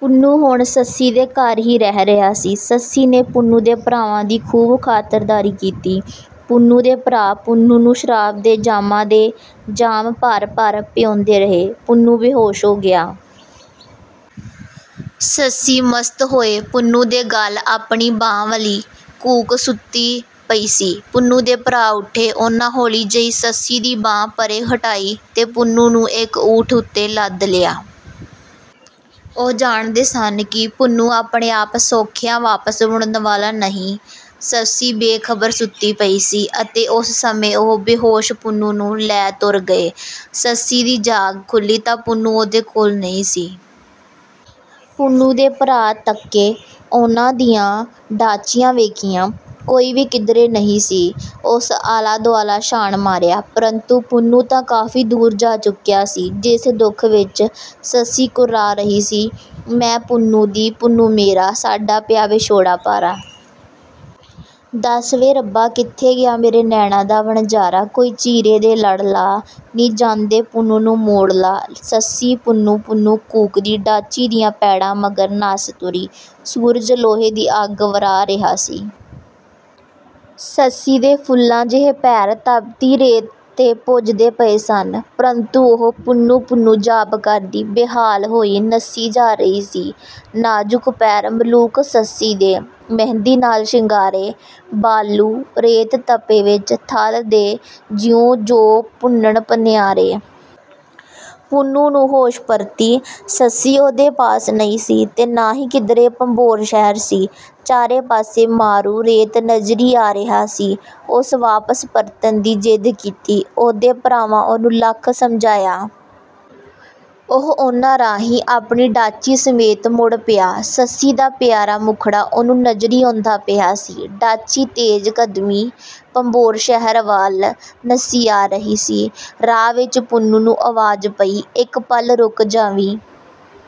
ਪੁੰਨੂੰ ਹੁਣ ਸੱਸੀ ਦੇ ਘਰ ਹੀ ਰਹਿ ਰਿਹਾ ਸੀ। ਸੱਸੀ ਨੇ ਪੁੰਨੂੰ ਦੇ ਭਰਾਵਾਂ ਦੀ ਖੂਬ ਖਾਤਰਦਾਰੀ ਕੀਤੀ। ਪੁੰਨੂੰ ਦੇ ਭਰਾ ਪੁੰਨੂੰ ਨੂੰ ਸ਼ਰਾਬ ਦੇ ਜਾਮਾਂ ਦੇ ਜਾਮ ਭਰ-ਭਰ ਪਿਆਉਂਦੇ ਰਹੇ। ਪੁੰਨੂੰ ਬੇਹੋਸ਼ ਹੋ ਗਿਆ। ਸੱਸੀ ਮਸਤ ਹੋਏ ਪੁੰਨੂੰ ਦੇ ਗਲ ਆਪਣੀ ਬਾਂਹ ਵਲੀ ਘੂਕ ਸੁੱਤੀ ਪਈ ਸੀ। ਪੁੰਨੂੰ ਦੇ ਭਰਾ ਉੱਠੇ। ਉਨ੍ਹਾਂ ਹੌਲੀ ਜਿਹੀ ਸੱਸੀ ਦੀ ਬਾਂਹ ਪਰ੍ਹੇ ਹਟਾਈ ਤੇ ਪੁੰਨੂੰ ਨੂੰ ਇੱਕ ਊਠ ਉੱਤੇ ਲੱਦ ਲਿਆ। ਉਹ ਜਾਣਦੇ ਸਨ ਕਿ ਪੁੰਨੂੰ ਆਪਣੇ ਆਪ ਸੌਖਿਆਂ ਵਾਪਸ ਮੁੜਨ ਵਾਲਾ ਨਹੀਂ। ਸੱਸੀ ਬੇਖ਼ਬਰ ਸੁੱਤੀ ਪਈ ਸੀ ਅਤੇ ਉਸੇ ਸਮੇਂ ਉਹ ਬੇਹੋਸ਼ ਪੁੰਨੂੰ ਨੂੰ ਲੈ ਤੁਰ ਗਏ। ਸੱਸੀ ਦੀ ਜਾਗ ਖੁੱਲ੍ਹੀ ਤਾਂ ਪੁੰਨੂੰ ਉਹਦੇ ਕੋਲ ਨਹੀਂ ਸੀ। ਪੁੰਨੂੰ ਦੇ ਭਰਾ ਤੱਕੇ, ਉਨ੍ਹਾਂ ਦੀਆਂ ਡਾਚੀਆਂ ਵੇਖੀਆਂ, ਕੋਈ ਵੀ ਕਿਧਰੇ ਨਹੀਂ ਸੀ। ਉਸ ਆਲਾ-ਦੁਆਲਾ ਛਾਣ ਮਾਰਿਆ। ਪਰੰਤੂ ਪੁੰਨੂੰ ਤਾਂ ਕਾਫ਼ੀ ਦੂਰ ਜਾ ਚੁੱਕਿਆ ਸੀ। ਜਿਸ ਦੁੱਖ ਵਿੱਚ ਸੱਸੀ ਕੁਰਲਾ ਰਹੀ ਸੀ - ਮੈਂ ਪੁੰਨੂੰ ਦੀ, ਪੁੰਨੂੰ ਮੇਰਾ, ਸਾਡਾ ਪਿਆ ਵਿਛੋੜਾ ਭਾਰਾ। ਦਸ ਵੇ ਰੱਬਾ, ਕਿੱਥੇ ਗਿਆ ਮੇਰੇ ਨੈਣਾਂ ਦਾ ਵਣਜਾਰਾ। ਕੋਈ ਚੀਰੇ ਦੇ ਲੜ ਲਾ, ਨੀ ਜਾਂਦੇ ਪੁੰਨੂੰ ਨੂੰ ਮੋੜ ਲਾ। ਸੱਸੀ ਪੁੰਨੂੰ ਪੁੰਨੂੰ ਕੂਕਦੀ ਡਾਚੀ ਦੀਆਂ ਪੈੜਾਂ ਮਗਰ ਨੱਸ ਤੁਰੀ। ਸੂਰਜ ਲੋਹੇ ਦੀ ਅੱਗ ਵਰ੍ਹਾ ਰਿਹਾ ਸੀ। ਸੱਸੀ ਦੇ ਫੁੱਲਾਂ ਜਿਹੇ ਪੈਰ ਤਪਦੀ ਰੇਤ 'ਤੇ ਭੁੰਜਦੇ ਪਏ ਸਨ, ਪ੍ਰੰਤੂ ਉਹ ਪੁੰਨੂੰ ਪੁੰਨੂੰ ਜਾਪ ਕਰਦੀ ਬੇਹਾਲ ਹੋਈ ਨੱਸੀ ਜਾ ਰਹੀ ਸੀ - ਨਾਜ਼ੁਕ ਪੈਰ ਮਲੂਕ ਸੱਸੀ ਦੇ, ਮਹਿੰਦੀ ਨਾਲ ਸ਼ਿੰਗਾਰੇ। ਬਾਲੂ ਰੇਤ ਤਪੇ ਵਿੱਚ ਥਲ ਦੇ, ਜਿਉਂ ਜੌਂ ਭੁੰਨਣ ਭਨਿਆਰੇ। ਪੁੰਨੂੰ ਨੂੰ ਹੋਸ਼ ਪਰਤੀ। ਸੱਸੀ ਉਹਦੇ ਪਾਸ ਨਹੀਂ ਸੀ ਅਤੇ ਨਾ ਹੀ ਕਿਧਰੇ ਭੰਬੋਰ ਸ਼ਹਿਰ ਸੀ। ਚਾਰੇ ਪਾਸੇ ਮਾਰੂ ਰੇਤ ਨਜ਼ਰੀਂ ਆ ਰਿਹਾ ਸੀ। ਉਸ ਵਾਪਸ ਪਰਤਣ ਦੀ ਜ਼ਿੱਦ ਕੀਤੀ। ਉਹਦੇ ਭਰਾਵਾਂ ਉਹਨੂੰ ਲੱਖ ਸਮਝਾਇਆ। ਉਹ ਉਨ੍ਹਾਂ ਰਾਹੀਂ ਆਪਣੀ ਡਾਚੀ ਸਮੇਤ ਮੁੜ ਪਿਆ। ਸੱਸੀ ਦਾ ਪਿਆਰਾ ਮੁਖੜਾ ਉਹਨੂੰ ਨਜ਼ਰੀਂ ਆਉਂਦਾ ਪਿਆ ਸੀ। ਡਾਚੀ ਤੇਜ਼ ਕਦਮੀਂ ਭੰਬੋਰ ਸ਼ਹਿਰ ਵੱਲ ਨੱਸੀ ਆ ਰਹੀ ਸੀ। ਰਾਹ ਵਿੱਚ ਪੁੰਨੂੰ ਨੂੰ ਆਵਾਜ਼ ਪਈ - ਇੱਕ ਪਲ ਰੁਕ ਜਾਵੀਂ।